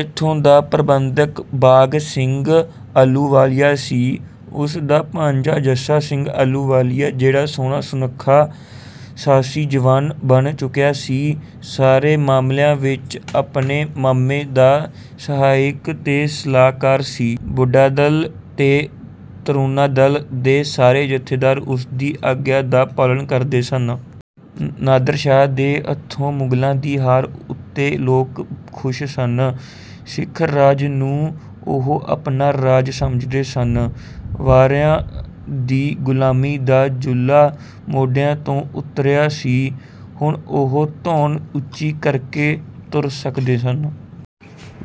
ਇੱਥੋਂ ਦਾ ਪ੍ਰਬੰਧਕ ਬਾਘ ਸਿੰਘ ਆਹਲੂਵਾਲੀਆ ਸੀ। ਉਸ ਦਾ ਭਾਣਜਾ ਜੱਸਾ ਸਿੰਘ ਆਹਲੂਵਾਲੀਆ ਜਿਹੜਾ ਸੋਹਣਾ-ਸੁਣੱਖਾ, ਸਾਹਸੀ ਜਵਾਨ ਬਣ ਚੁੱਕਿਆ ਸੀ ਸਾਰੇ ਮਾਮਲਿਆਂ ਵਿੱਚ ਆਪਣੇ ਮਾਮੇ ਦਾ ਸਹਾਇਕ ਤੇ ਸਲਾਹਕਾਰ ਸੀ। ਬੁੱਢਾ-ਦਲ ਤੇ ਤਰੁਣਾ-ਦਲ ਦੇ ਸਾਰੇ ਜੱਥੇਦਾਰ ਉਸਦੀ ਆਗਿਆ ਦਾ ਪਾਲਣ ਕਰਦੇ ਸਨ। ਨਾਦਰ ਸ਼ਾਹ ਦੇ ਹੱਥੋਂ ਮੁਗਲਾਂ ਦੀ ਹਾਰ ਉੱਤੇ ਲੋਕ ਖੁਸ਼ ਸਨ। ਸਿੱਖ ਰਾਜ ਨੂੰ ਉਹ ਆਪਣਾ ਰਾਜ ਸਮਝਦੇ ਸਨ। ਵਰ੍ਹਿਆਂ ਦੀ ਗ਼ੁਲਾਮੀ ਦਾ ਜੂਲਾ ਮੋਢਿਆਂ ਤੋਂ ਉਤਰਿਆ ਸੀ। ਹੁਣ ਉਹ ਧੌਣ ਉੱਚੀ ਕਰਕੇ ਤੁਰ ਸਕਦੇ ਸਨ।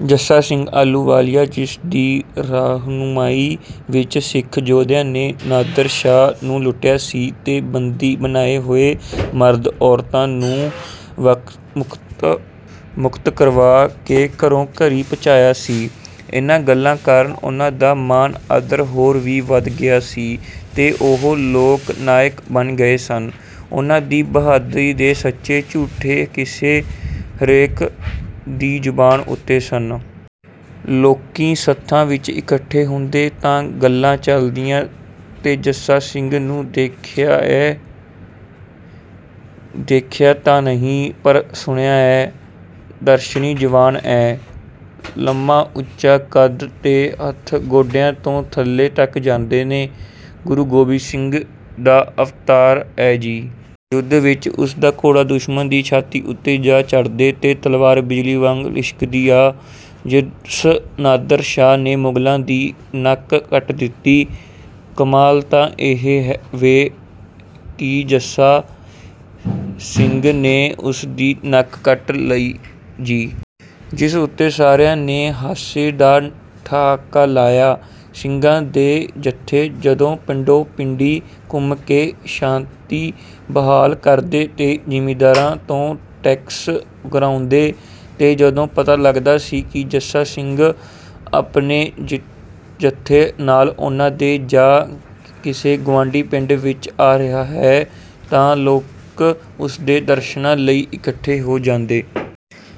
ਜੱਸਾ ਸਿੰਘ ਆਹਲੂਵਾਲੀਆ ਜਿਸ ਦੀ ਰਾਹਨੁਮਾਈ ਵਿੱਚ ਸਿੱਖ ਯੋਧਿਆਂ ਨੇ ਨਾਦਰ ਸ਼ਾਹ ਨੂੰ ਲੁੱਟਿਆ ਸੀ ਤੇ ਬੰਦੀ ਬਣਾਏ ਹੋਏ ਮਰਦ-ਔਰਤਾਂ ਨੂੰ ਮੁਕਤ ਕਰਵਾ ਕੇ ਘਰੋ-ਘਰੀ ਪਹੁੰਚਾਇਆ ਸੀ। ਇਹਨਾਂ ਗੱਲਾਂ ਕਾਰਨ ਉਹਨਾਂ ਦਾ ਮਾਣ-ਆਦਰ ਹੋਰ ਵੀ ਵਧ ਗਿਆ ਸੀ ਤੇ ਉਹ ਲੋਕ ਨਾਇਕ ਬਣ ਗਏ ਸਨ, ਉਹਨਾਂ ਦੀ ਬਹਾਦਰੀ ਦੇ ਸੱਚੇ-ਝੂਠੇ ਕਿੱਸੇ ਹਰੇਕ ਦੀ ਜ਼ਬਾਨ ਉੱਤੇ ਸਨ। ਲੋਕੀਂ ਸੱਥਾਂ ਵਿੱਚ ਇਕੱਠੇ ਹੁੰਦੇ ਤਾਂ ਗੱਲਾਂ ਚੱਲਦੀਆਂ, "ਤੈਂ ਜੱਸਾ ਸਿੰਘ ਨੂੰ ਦੇਖਿਆ ਏ?" "ਦੇਖਿਆ ਤਾਂ ਨਹੀਂ, ਪਰ ਸੁਣਿਆਂ ਏਂ, ਦਰਸ਼ਨੀ-ਜਵਾਨ ਏਂ। ਲੰਮਾ-ਉੱਚਾ ਕੱਦ ਤੇ ਹੱਥ ਗੋਡਿਆਂ ਤੋਂ ਥੱਲੇ ਤੱਕ ਜਾਂਦੇ ਨੇ। ਗੁਰੂ ਗੋਬਿੰਦ ਸਿੰਘ ਦਾ ਅਵਤਾਰ ਐ ਜੀ। ਯੁੱਧ ਵਿੱਚ ਉਸ ਦਾ ਘੋੜਾ ਦੁਸ਼ਮਣ ਦੀ ਛਾਤੀ ਉੱਤੇ ਜਾ ਚੜ੍ਹਦੈ ਤੇ ਤਲਵਾਰ ਬਿਜਲੀ ਵਾਂਗ ਲਿਸ਼ਕਦੀ ਆ। ਜਿਸ ਨਾਦਰ ਸ਼ਾਹ ਨੇ ਮੁਗਲਾਂ ਦੀ ਨੱਕ ਕੱਟ ਦਿੱਤੀ, ਕਮਾਲ ਤਾਂ ਇਹ ਵੇ ਕਿ ਜੱਸਾ ਸਿੰਘ ਨੇ ਉਸਦੀ ਨੱਕ ਕੱਟ ਲਈ ਜੀ।" ਇਸ ਉੱਤੇ ਸਾਰਿਆਂ ਨੇ ਹਾਸੇ ਦਾ ਠਹਾਕਾ ਲਾਇਆ। ਸਿੱਖਾਂ ਦੇ ਜੱਥੇ ਜਦੋਂ ਪਿੰਡੋ-ਪਿੰਡੀ ਘੁੰਮ ਕੇ ਸ਼ਾਂਤੀ ਬਹਾਲ ਕਰਦੇ ਤੇ ਜ਼ਿਮੀਂਦਾਰਾਂ ਤੋਂ ਟੈਕਸ ਉਗਰਾਉਂਦੇ ਤੇ ਜਦੋਂ ਪਤਾ ਲੱਗਦਾ ਸੀ ਕਿ ਜੱਸਾ ਸਿੰਘ ਆਪਣੇ ਜੱਥੇ ਨਾਲ ਉਹਨਾਂ ਦੇ ਜਾਂ ਕਿਸੇ ਗੁਆਂਢੀ ਪਿੰਡ ਵਿੱਚ ਆ ਰਿਹਾ ਹੈ ਤਾਂ ਲੋਕ ਉਸਦੇ ਦਰਸ਼ਨਾਂ ਲਈ ਇਕੱਠੇ ਹੋ ਜਾਂਦੇ।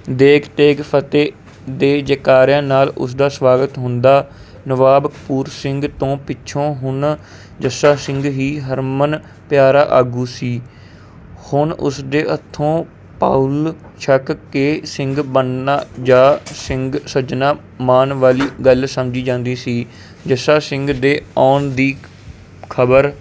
'ਦੇਗ ਤੇਗ ਫਤਿਹ' ਦੇ ਜੈਕਾਰਿਆਂ ਨਾਲ ਉਸਦਾ ਸਵਾਗਤ ਹੁੰਦਾ। ਨਵਾਬ ਕਪੂਰ ਸਿੰਘ ਤੋਂ ਪਿੱਛੋਂ ਹੁਣ ਜੱਸਾ ਸਿੰਘ ਹੀ ਹਰਮਨ ਪਿਆਰਾ ਆਗੂ ਸੀ। ਹੁਣ ਉਸਦੇ ਹੱਥੋਂ ਪਾਹੁਲ ਛਕ ਕੇ ਸਿੱਖ ਬਣਨਾ ਜਾਂ ਸਿੰਘ ਸੱਜਣਾ ਮਾਣ ਵਾਲੀ ਗੱਲ ਸਮਝੀ ਜਾਂਦੀ ਸੀ। ਜੱਸਾ ਸਿੰਘ ਦੇ ਆਉਣ ਦੀ ਖਬਰ